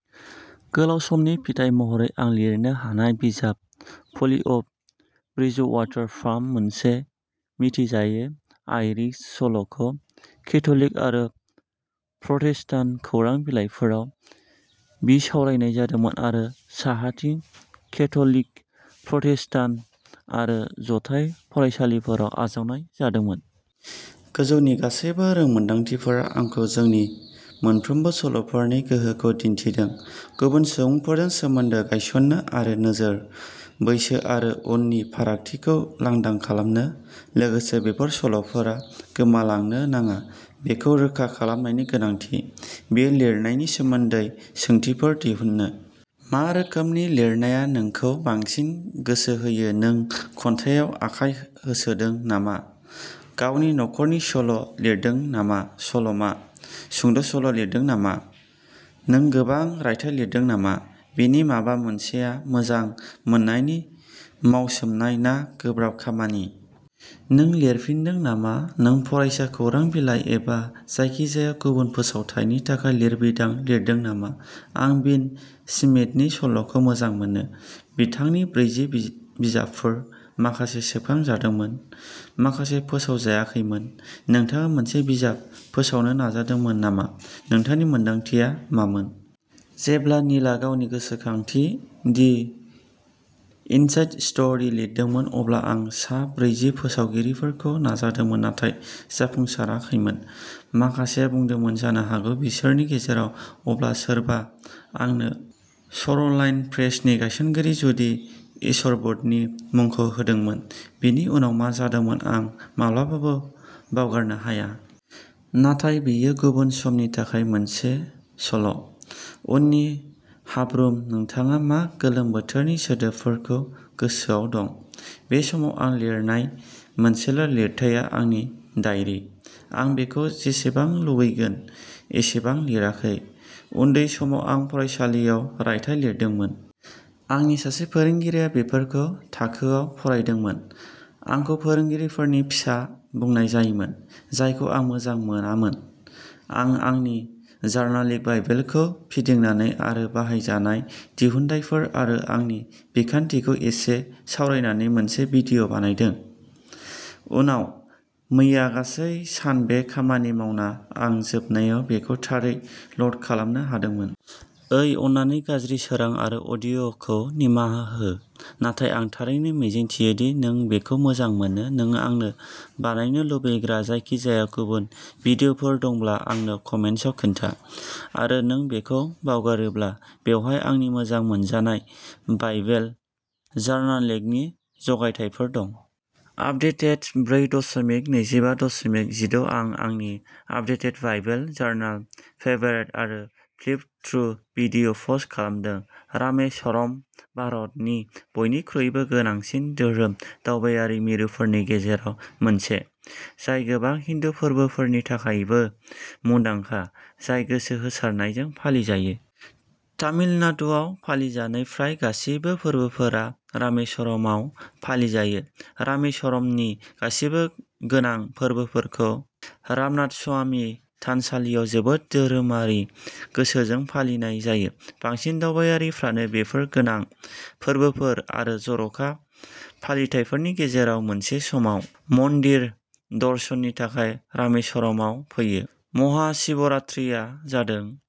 गोलाव समनि फिथाइ महरै आं लिरनो हानाय बिजाब, पलि अफ ब्रिजवाटार फार्म मोनसे मिथिजायै आइरिश सल' खौ केथ'लिक आरो प्रटेस्टान्ट खौरां बिलाइफोराव बिसावरायनाय जादोंमोन आरो साहाथिं केथ'लिक, प्रटेस्टान्ट आरो जथाय फरायसालिफोराव आजावनाय जादोंमोन। गोजौनि गासैबो रोंमोनदांथिफोरा आंखौ जोंनि मोनफ्रोमबो सल'फोरनि गोहोखौ दिन्थिदों, गुबुन सुबुंफोरजों सोमोन्दो गायसन्नो, आरो नोजोर, बैसो आरो उनननि फारागथिखौ लांदां खालामनो। लोगोसे बेफोर सल'फोरा गोमालांनो नाङा बेखौ रोखा खालामनायनि गोनांथि। बेयो लिरनायनि सोमोन्दै सोंथिफोर दिहुनो। मा रोखोमनि लिरनाया नोंखौ बांसिन गोसो होयो नों खन्थाइयाव आखाइ होसोदों नामा गावनि नखरनि सल' लिरदों ना सल'मा? सुंद' सल' लिरदों नामा? नों गोबां रायथाइ लिरदों नामा? बेनि माबा मोनसेआ मोजां मोननायनि मावसोमनाय ना गोब्राब खामानि? नों लिरफिनदों नामा? नों फरायसा खौरां बिलाइ एबा जायखिजाया गुबुन फोसावथायनि थाखाय लिरबिदां लिरदों नामा? आं भिन स्मिथनि सल'खौ मोजां मोनो। बिथांनि ब्रैजि बिजाबफोर, माखासे सेबखांजादोंमोन, माखासे फोसावजायाखैमोन। नोंथाङा मोनसे बिजाब फोसावनो नाजादोंमोन नामा, नोंथांनि मोन्दांथिया मामोन? जेब्ला नीलआ गावनि गोसोखांथि, दि इनसाइड स्ट'री लिरदोंमोन, अब्ला आं सा ब्रैजि फोसावगिरिफोरखौ नाजादोंमोन नाथाय जाफुंसाराखैमोन। माखासेया बुंदोंमोन जानो हागौ बोसोरसेनि गेजेराव अब्ला सोरबा आंनो श'रलाइन प्रेसनि गायसनगिरि जुडी इशरवुडनि मुंखौ होदोंमोन। बेनि उनाव मा जादोंमोन आं माब्लाबाबो बावगारनो हाया। नाथाय बेयो गुबुन समनि थाखाय मोनसे सल'। उननि हाब्रुम नोंथाङा मा गोलोम बोथोरनि सोदोबफोरखौ गोसोआव दं? बे समाव आं लिरनाय मोनसेल' लिरथाइआ आंनि डायरि। आं बेखौ जेसेबां लुगैगोन एसेबां लिराखै। उन्दै समाव आं फरायसालिआव रायथाइ लिरदोंमोन। आंनि सासे फोरोंगिरिआ बेफोरखौ थाखोयाव फरायदोंमोन। आंखौ फोरोंगिरिफोरनि फिसा बुंनाय जायोमोन जायखौ आं मोजां मोनामोन। आं आंनि जार्नलिंग बाइबेलखौ फिदिंनानै आरो बाहायजानाय दिहुनथायफोर आरो आंनि बिखान्थिखौ एसे सावरायनानै मोनसे भिडिय' बानायदों। उनाव मैया गासै सान बे खामानि मावना, आं जोबनायाव बेखौ थारै ल'ड खालामनो हादोंमोन। ओइ अन्नानै गाज्रि सोरां आरो अडिय'खौ निमाहा हो, नाथाय आं थारैनो मिजिंथियो दि नों बेखौ मोजां मोनो नों आंनो बानायनो लुबैग्रा जायखिजाया गुबुन भिडिय'फोर दंब्ला आंनो कमेन्ट्सआव खोन्था। आरो नों बेखौ बावगारोब्ला, बेवहाय आंनि मोजां मोनजानाय बाइबेल जार्नलिंगनि जगायथायफोर दं। आपदेटेड ब्रै दशमिक नैजिबा दशमिक जिद' आं आंनि आपदेटेड बाइबेल जार्नाल फेभरेट आरो फ्लिप थ्रु भिडिय'पस्ट खालामदों रामेश्वरम, भारतनि बयनिख्रुइबो गोनांसिन धोरोम दावबायारि मिरुफोरनि गेजेराव मोनसे, जाय गोबां हिन्दु फोरबोफोरनि थाखायबो मुंदांखा, जाय गोसो होसारनायजों फालिजायो। तामिलनाडुआव फालिजानाय प्राय गासिबो फोरबोफोरा रामेश्वरमाव फालिजायो। रामेश्वरमनि गासिबो गोनां फोरबोफोरखौ रामनाथस्वामी थानसालियाव जोबोद धोरोमारि गोसोजों फालिनाय जायो। बांसिन दावबायारिफ्रानो बेफोर गोनां फोरबोफोर आरो जर'खा फालिथायफोरनि गेजेराव मोनसे समाव मन्दिर दर्शननि थाखाय रामेश्वरमाव फैयो। महाशिवरात्रिआ जादों